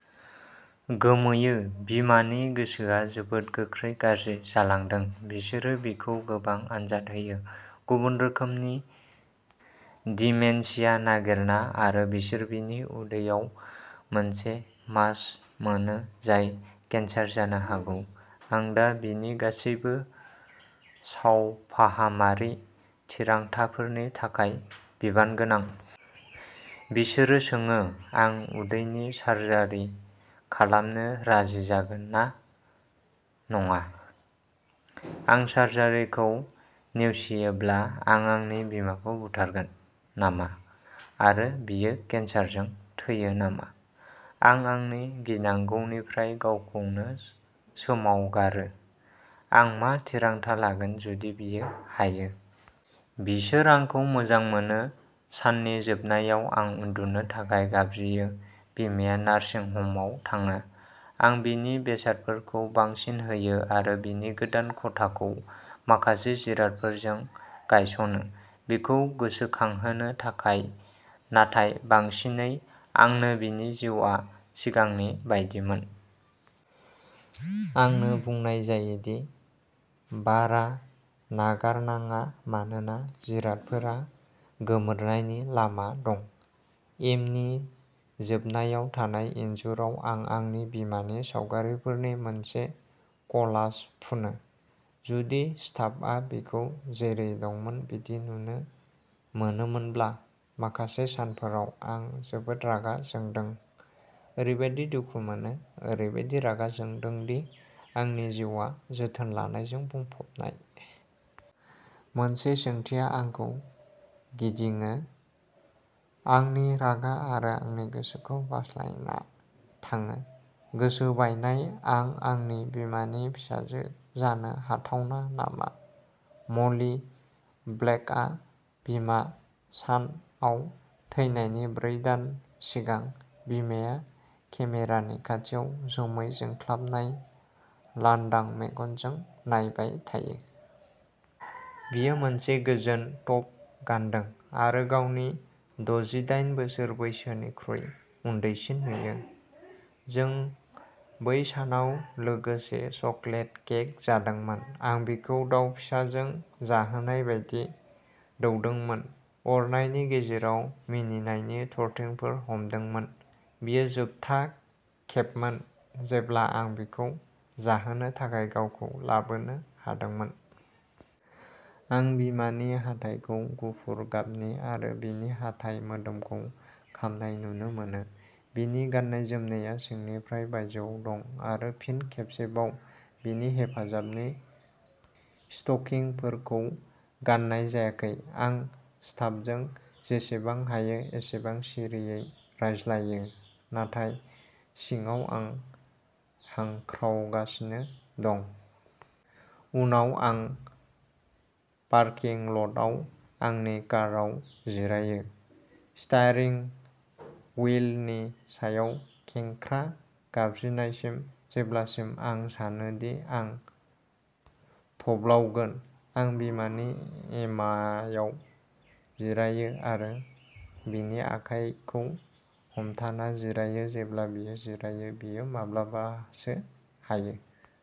गोमोयो बिमानि गोसोआ जोबोद गोख्रै गाज्रि जालांदों। बिसोरो बिखौ गोबां आनजाद होयो। गुबुन रोखोमनि डिमेनशिया नागिरना आरो बिसोर बिनि उदैआव मोनसे मास मोनो जाय केन्सार जानो हागौ। आं दा बिनि गासैबो सावफाहामारि थिरांथाफोरनि थाखाय बिबानगोनां। बिसोरो सोङो आं उदैनि सार्जारि खालामनो राजि जागोन ना नङा। आं सार्जारिखौ नेवसियोब्ला आं आंनि बिमाखौ बुथारगोन नामा आरो बियो केन्सारजों थैयो नामा, आं आंनि गिनांगौनिफ्राय गावखौनो सोमावगारो। आं मा थिरांथा लागोन जुदि बियो हायो। बिसोर आंखौ मोजां मोनो। साननि जोबनायाव, आं उन्दुनो थाखाय गाबज्रियो। बिमाया नार्सिं ह'मआव थाङो। आं बिनि बेसादफोरखौ बांसिन होयो आरो बिनि गोदान खथाखौ माखासे जिरादफोरजों गायसनो, बिखौ गोसोखांहोनो थाखाय नाथाय बांसिनै आंनो-बिनि जिउआ सिगांनि बायदिमोन। आंनो बुंनाय जायो दि बारा नागारनाङा मानोना जिरादफोरा गोमोरनायनि लामा दं। एमनि जोबनायाव थानाय इनजुराव आं आंनि बिमानि सावगारिफोरनि मोनसे क'लाज फुनो। जुदि स्टाफआ बिखौ जेरै दंमोन बिदि नुनो मोनोमोनब्ला। माखासे सानफोराव, आं जोबोद रागा जोंदों, ओरैबादि दुखु मोनो, ओरैबादि रागा जोंदों दि आंनि जिउआ जोथोन लानायजों बुंफबनाय। मोनसे सोंथिया आंखौ गिदिङो, आंनि रागा आरो आंनि गोसोखौ बारस्लायना थाङो। गोसो बायनाय आं आंनि बिमानि फिसाजो जानो हाथावना नामा, म'ली ब्लेकआ बिमा सान आव थैनायनि ब्रै दान सिगां। बिमाया केमेरानि खाथियाव जोमै जोंख्लाबनाय, लांदां मेगनजों नायबाय थायो। बियो मोनसे गोजोन टप गानदों आरो गावनि द'जिदाइन बोसोर बैसोनिख्रुइ उन्दैसिन नुयो। जों बै सानाव लोगोसे चकलेट केक जादोंमोन, आं बिखौ दाउ फिसाजों जाहोनाय बायदि दौदोंमोन, अरनायनि गेजेराव मिनिनायनि थरथिंफोर हमदोंमोन। बेयो जोबथा खेबमोन जेब्ला आं बिखौ जाहोनो थाखाय गावखौ लाबोनो हादोंमोन। आं बिमानि हाथाइखौ गुफुर गाबनि आरो बिनि हाथाइ मोदोमखौ खामनाय नुनो मोनो। बिनि गाननाय जोमनाया सिंनिफ्राय बायजोआव दं। आरो फिन खेबसेबाव बिनि हेफाजाबनि स्टकिंफोरखौ गाननाय जायाखै। आं स्टाफजों जेसेबां हायो एसेबां सिरियै रायज्लायो, नाथाय सिङाव आं हांख्रावगासिनो दं। उनाव, आं पार्किं ल'टआव आंनि काराव जिरायो, स्टीयारिंग हुइलनि सायाव खेंख्रा, गाबज्रिनायसिम जेब्लासिम आं सानो दि आं थब्लावगोन। आं बिमानि एमायाव जिरायो आरो बिनि आखायखौ हमथाना जिरायो जेब्ला बियो जिरायो। बियो माब्लाबासो हायो।